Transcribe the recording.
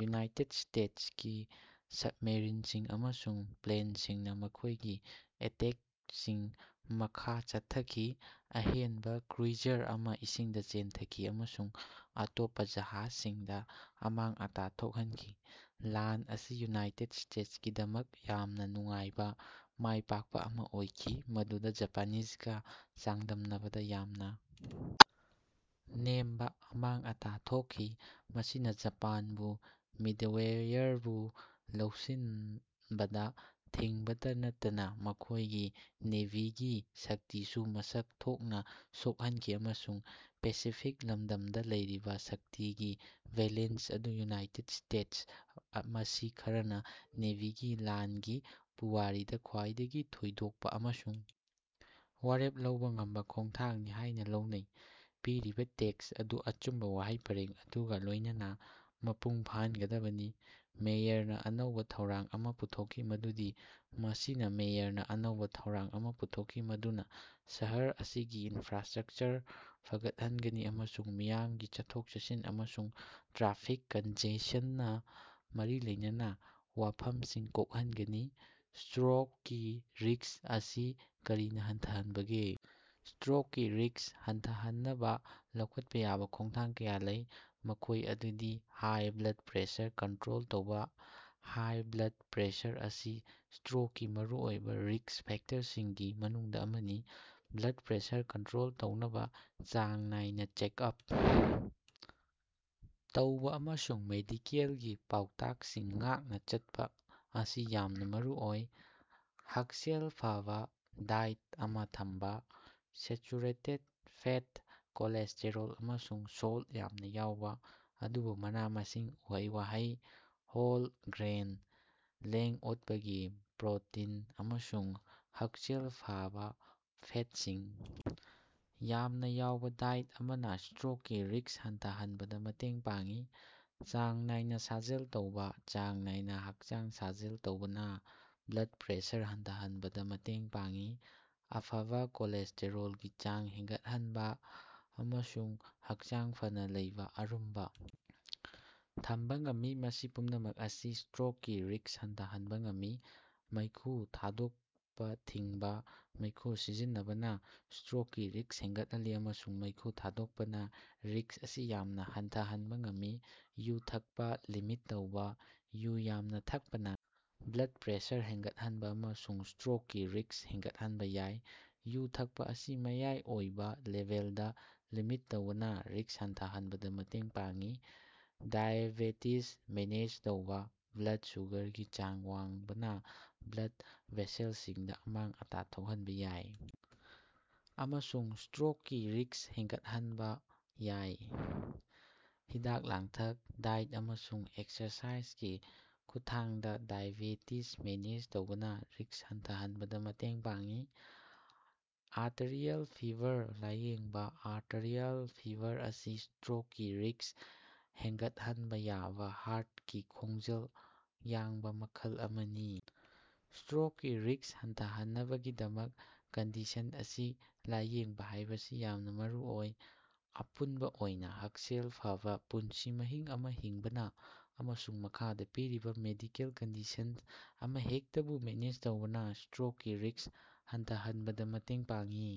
United ꯁ꯭ꯇꯦꯇꯁꯀꯤ ꯁꯕꯃꯦꯔꯤꯟꯁꯤꯡ ꯑꯃꯁꯨꯡ ꯄ꯭ꯂꯦꯟꯁꯤꯡꯅ ꯃꯈꯣꯏꯒꯤ ꯑꯦꯇꯦꯛꯇꯁꯤꯡ ꯃꯈꯥ ꯆꯠꯊꯈꯤ, ꯑꯍꯦꯟꯕ ꯀ꯭ꯔꯨꯏꯖꯔ ꯑꯃ ꯏꯁꯤꯡꯗ ꯆꯦꯟꯊꯈꯤ ꯑꯃꯁꯨꯡ ꯑꯇꯣꯞꯄ ꯖꯍꯥꯖꯁꯤꯡꯗ ꯑꯃꯥꯡ ꯑꯇꯥ ꯊꯣꯛꯍꯟꯈꯤ꯫ ꯂꯥꯟ ꯑꯁꯤ ꯌꯨꯅꯥꯏꯇꯦꯗ ꯁ꯭ꯇꯦꯇꯁꯀꯤꯗꯃꯛ ꯌꯥꯝꯅ ꯅꯨꯡꯉꯥꯏꯕ ꯃꯥꯏꯄꯥꯛꯄ ꯑꯃ ꯑꯣꯏꯈꯤ, ꯃꯗꯨꯗ ꯖꯄꯥꯅꯤꯖꯒ ꯆꯥꯡꯗꯝꯅꯕꯗ ꯌꯥꯝꯅ ꯅꯦꯝꯕ ꯑꯃꯥꯡ ꯑꯇꯥ ꯊꯣꯛꯈꯤ꯫ ꯃꯁꯤꯅ ꯖꯄꯥꯟꯕꯨ ꯃꯤꯗꯋꯦꯌꯔꯕꯨ ꯂꯧꯁꯤꯟꯕꯗ ꯊꯤꯡꯕꯇ ꯅꯠꯇꯅ ꯃꯈꯣꯏꯒꯤ ꯅꯦꯚꯤꯒꯤ ꯁꯛꯇꯤꯁꯨ ꯃꯁꯛ ꯊꯣꯛꯅ ꯁꯣꯛꯍꯟꯈꯤ ꯑꯃꯁꯨꯡ ꯄꯦꯁꯤꯐꯤꯛ ꯂꯃꯗꯝꯗ ꯂꯩꯔꯤꯕ ꯁꯛꯇꯤꯒꯤ ꯕꯦꯂꯦꯟꯁ ꯑꯗꯨ ꯌꯨꯅꯥꯏꯇꯦꯗ ꯁ꯭ꯇꯦꯇꯁ ꯃꯁꯤ ꯈꯔꯅꯥꯥ ꯅꯦꯚꯤꯒꯤ ꯂꯥꯟꯒꯤ ꯄꯨꯋꯥꯔꯤꯗ ꯈ꯭ꯋꯥꯏꯗꯒꯤ ꯊꯣꯏꯗꯣꯛꯄ ꯑꯃꯁꯨꯡ ꯋꯥꯔꯦꯞ ꯂꯧꯕ ꯉꯝꯕ ꯈꯣꯡꯊꯥꯡꯅꯤ ꯍꯥꯏꯅ ꯂꯧꯅꯩ꯫ ꯄꯤꯔꯤꯕ ꯇꯦꯛꯁ ꯑꯗꯨ ꯑꯆꯨꯝꯕ ꯋꯥꯍꯩ ꯄꯔꯦꯡ ꯑꯗꯨꯒ ꯂꯣꯏꯅꯅ ꯃꯄꯨꯡ ꯐꯥꯍꯟꯒꯗꯕꯅꯤ꯫ ꯃꯦꯌꯔꯅꯥ ꯑꯅꯧꯕ ꯊꯧꯔꯥꯡ ꯑꯃ ꯄꯨꯊꯣꯛꯈꯤ ꯃꯗꯨꯗꯤ ꯃꯁꯤꯅ ꯃꯦꯌꯔꯅꯥ ꯑꯅꯧꯕ ꯊꯧꯔꯥꯡ ꯑꯃ ꯄꯨꯊꯣꯛꯈꯤ ꯃꯗꯨꯅ ꯁꯍꯔ ꯑꯁꯤꯒꯤ ꯏꯟꯐ꯭ꯔꯥꯁ꯭ꯇꯔꯛꯆꯔ ꯐꯒꯠꯍꯟꯒꯅꯤ ꯑꯃꯁꯨꯡ ꯃꯤꯌꯥꯝꯒꯤ ꯆꯠꯊꯣꯛ-ꯆꯠꯁꯤꯟ ꯑꯃꯁꯨꯡ ꯇ꯭ꯔꯥꯐꯤꯛ ꯀꯟꯖꯦꯁꯟꯒ ꯃꯔꯤ ꯂꯩꯅꯕ ꯋꯥꯐꯝꯁꯤꯡ ꯀꯣꯛꯍꯟꯒꯅꯤ꯫ ꯁ꯭ꯇꯔꯣꯛꯀꯤ ꯔꯤꯁ꯭ꯛ ꯑꯁꯤ ꯀꯔꯤꯅ ꯍꯟꯊꯍꯟꯕꯒꯦ? ꯁ꯭ꯇꯔꯣꯛꯀꯤ ꯔꯤꯁ꯭ꯛ ꯍꯟꯊꯍꯟꯅꯕ ꯂꯧꯈꯠꯄ ꯌꯥꯕ ꯈꯣꯡꯊꯥꯡ ꯀꯌꯥ ꯂꯩ, ꯃꯈꯣꯏ ꯑꯗꯨꯗꯤ - ꯍꯥꯏ ꯕ꯭꯭ꯂꯗ ꯄ꯭ꯔꯦꯁꯔ ꯀꯟꯇꯔꯣꯜ ꯇꯧꯕꯥ‌ ,ꯍꯥꯏ ꯕ꯭꯭ꯂꯗ ꯄ꯭ꯔꯦꯁꯔ ꯑꯁꯤ ꯁ꯭ꯇꯔꯣꯛꯀꯤ ꯃꯔꯨꯑꯣꯏꯕ ꯔꯤꯁ꯭ꯛ ꯐꯦꯛꯇꯔꯁꯤꯡꯒꯤ ꯃꯅꯨꯡꯗ ꯑꯃꯅꯤ꯫ ꯕ꯭ꯂꯗ ꯄ꯭ꯔꯦꯁꯔ ꯀꯟꯇꯔꯣꯜ ꯇꯧꯅꯕ‌ ꯆꯥꯡ ꯅꯥꯏꯅ ꯆꯦꯛ-ꯑꯞ ꯇꯧꯕ ꯑꯃꯁꯨꯡ ꯃꯦꯗꯤꯀꯦꯜꯒꯤ ꯄꯥꯎꯇꯥꯛꯁꯤꯡ ꯉꯥꯛꯅ ꯆꯠꯄ ꯑꯁꯤ ꯌꯥꯝꯅ ꯃꯔꯨꯑꯣꯏ꯫ ꯍꯛꯁꯦꯜ ꯐꯕ ꯗꯥꯏꯠ ꯑꯃ ꯊꯝꯕ - ꯁꯦꯆꯨꯔꯦꯇꯦꯗ ꯐꯦꯠ, ꯀꯣꯂꯦꯁ꯭ꯇꯦꯔꯣꯜ ꯑꯃꯁꯨꯡ ꯁꯣꯜꯇ ꯌꯥꯝꯅ ꯌꯥꯎꯕ, ꯑꯗꯨꯕꯨ ꯃꯅꯥ-ꯃꯁꯤꯡ, ꯎꯍꯩ-ꯋꯥꯍꯩ, ꯍꯣꯜ ꯒ꯭ꯔꯦꯟ, ꯂꯦꯡ-ꯑꯣꯠꯄꯒꯤ ꯄ꯭ꯔꯣꯇꯤꯟ ꯑꯃꯁꯨꯡ ꯍꯛꯁꯦꯜ ꯐꯕꯥ ꯐꯦꯠꯁꯤꯡ ꯌꯥꯝꯅ ꯌꯥꯎꯕ ꯗꯥꯏꯠ ꯑꯃꯅ ꯁ꯭ꯇꯔꯣꯛꯀꯤ ꯔꯤꯁ꯭ꯛ ꯍꯟꯊꯍꯟꯕꯗꯥ ꯃꯇꯦꯡ ꯄꯥꯡꯏ꯫ ꯆꯥꯡ ꯅꯥꯏꯅ ꯁꯥꯖꯦꯜ ꯇꯧꯕ - ꯆꯥꯡ ꯅꯥꯏꯅ ꯍꯛꯆꯥꯡ ꯁꯥꯖꯦꯜ ꯇꯧꯕꯅ ꯕ꯭ꯂꯗ ꯄ꯭ꯔꯦꯁꯔ ꯍꯟꯊꯍꯟꯕꯗ ꯃꯇꯦꯡ ꯄꯥꯡꯏ, ꯑꯐꯕ ꯀꯣꯂꯦꯁ꯭ꯇꯦꯔꯣꯜꯒꯤ ꯆꯥꯡ ꯍꯦꯟꯒꯠꯍꯟꯕꯥꯡ ꯑꯃꯁꯨꯡ ꯍꯛꯆꯥꯡ ꯐꯅꯥ ꯂꯩꯕ ꯑꯔꯨꯝꯕ ꯊꯝꯕ ꯉꯝꯃꯤ, ꯃꯁꯤ ꯄꯨꯝꯅꯃꯛ ꯑꯁꯤꯅ ꯁ꯭ꯇꯔꯣꯛꯀꯤ ꯔꯤꯁ꯭ꯛ ꯍꯟꯊꯍꯟꯕ ꯉꯝꯃꯤ꯫ ꯃꯩꯈꯨ ꯊꯥꯗꯣꯛꯄꯥꯊꯤꯡꯕ - ꯃꯩꯈꯨ ꯁꯤꯖꯤꯟꯅꯕꯅ ꯁ꯭ꯇꯔꯣꯛꯀꯤ ꯔꯤꯁ꯭ꯛ ꯍꯦꯟꯒꯠꯍꯜꯂꯤ, ꯑꯃꯁꯨꯡ ꯃꯩꯈꯨ ꯊꯥꯗꯣꯛꯄꯅ ꯔꯤꯁ꯭ꯛ ꯑꯁꯤ ꯌꯥꯝꯅ ꯍꯟꯊꯍꯟꯕ ꯉꯝꯃꯤ꯫ ꯌꯨ ꯊꯛꯄ ꯂꯤꯃꯤꯠ ꯇꯧꯕ - ꯌꯨ ꯌꯥꯝꯅ ꯊꯛꯄꯅ ꯕ꯭ꯂꯗ ꯄ꯭ꯔꯦꯁꯔ ꯍꯦꯟꯒꯠꯍꯟꯕ ꯑꯃꯁꯨꯡ ꯁ꯭ꯇꯔꯣꯛꯀꯤ ꯔꯤꯁ꯭ꯛ ꯍꯦꯟꯒꯠꯍꯟꯕ ꯌꯥꯏ꯫ ꯌꯨ ꯊꯛꯄ ꯑꯁꯤ ꯃꯌꯥꯏ ꯑꯣꯏꯕ ꯂꯦꯚꯦꯜꯗ ꯂꯤꯃꯤꯠ ꯇꯧꯕꯅ ꯔꯤꯁ꯭ꯛ ꯍꯟꯊꯍꯟꯕꯗ ꯃꯇꯦꯡ ꯄꯥꯡꯏ꯫ ꯗꯥꯏꯑꯦꯕꯦꯇꯤꯖ ꯃꯦꯅꯦꯖ ꯇꯧꯕ - ꯕ꯭ꯂꯗ ꯁꯨꯒꯔꯒꯤ ꯆꯥꯡ ꯋꯥꯡꯕꯅ ꯕ꯭ꯂꯗ ꯚꯦꯁꯦꯜꯁꯤꯡꯗ ꯑꯃꯥꯡ-ꯑꯇꯥ ꯊꯣꯛꯍꯟꯕ‌ ꯌꯥꯏ ꯑꯃꯁꯨꯡ ꯁ꯭ꯇꯔꯣꯛꯀꯤ ꯔꯤꯁ꯭ꯛ ꯍꯦꯟꯒꯠꯍꯟꯕ ꯌꯥꯏ꯫ ꯍꯤꯗꯥꯛ-ꯂꯥꯡꯊꯛ, ꯗꯥꯏꯠ ꯑꯃꯁꯨꯡ ꯑꯦꯛꯁꯔꯁꯥꯏꯖꯒꯤ ꯈꯨꯠꯊꯥꯡꯗ ꯗꯥꯏꯑꯦꯕꯦꯇꯤꯖ ꯃꯦꯅꯦꯖ ꯇꯧꯕꯅ ꯔꯤꯁ꯭ꯛ ꯍꯟꯊꯍꯟꯕꯗ ꯃꯇꯦꯡ ꯄꯥꯡꯏ꯫ ꯑꯦꯇꯔꯤꯌꯥꯜ ꯐꯤꯕꯔ ꯂꯥꯌꯦꯡꯕ - ꯑꯦꯇꯔꯤꯌꯥꯜ ꯐꯤꯕꯔ ꯑꯁꯤ ꯁ꯭ꯇꯔꯣꯛꯀꯤ ꯔꯤꯁ꯭ꯛ ꯍꯦꯟꯒꯠꯍꯟꯕ ꯌꯥꯕ ꯍꯥꯔꯠꯀꯤ ꯈꯣꯡꯖꯦꯜ ꯌꯥꯡꯕ ꯃꯈꯜ ꯑꯃꯅꯤ꯫ ꯁ꯭ꯇꯔꯣꯛꯀꯤ ꯔꯤꯁ꯭ꯛ ꯍꯟꯊꯍꯟꯅꯕꯒꯤꯗꯃꯛ ꯀꯟꯗꯤꯁꯟ ꯑꯁꯤ ꯂꯥꯏꯌꯦꯡꯕ ꯍꯥꯏꯕꯁꯤ ꯌꯥꯝꯅ‌ ꯃꯔꯨꯑꯣꯏ꯫ ꯑꯄꯨꯟꯕ ꯑꯣꯏꯅ, ꯍꯛꯁꯦꯜ ꯐꯕꯥ ꯄꯨꯟꯁꯤ ꯃꯍꯤꯡ ꯑꯃ ꯍꯤꯡꯕꯅ ꯑꯃꯁꯨꯡ ꯃꯈꯥꯗ ꯄꯤꯔꯤꯕ ꯃꯦꯗꯤꯀꯦꯜ ꯀꯟꯗꯤꯁꯟ ꯑꯃꯍꯦꯛꯇꯕꯨ ꯃꯦꯅꯦꯖ ꯇꯧꯕꯅ ꯁ꯭ꯇꯔꯣꯛꯀꯤ ꯔꯤꯁ꯭ꯛ ꯍꯟꯊꯍꯟꯕꯗ‌ ꯃꯇꯦꯡ ꯄꯥꯡꯏ꯫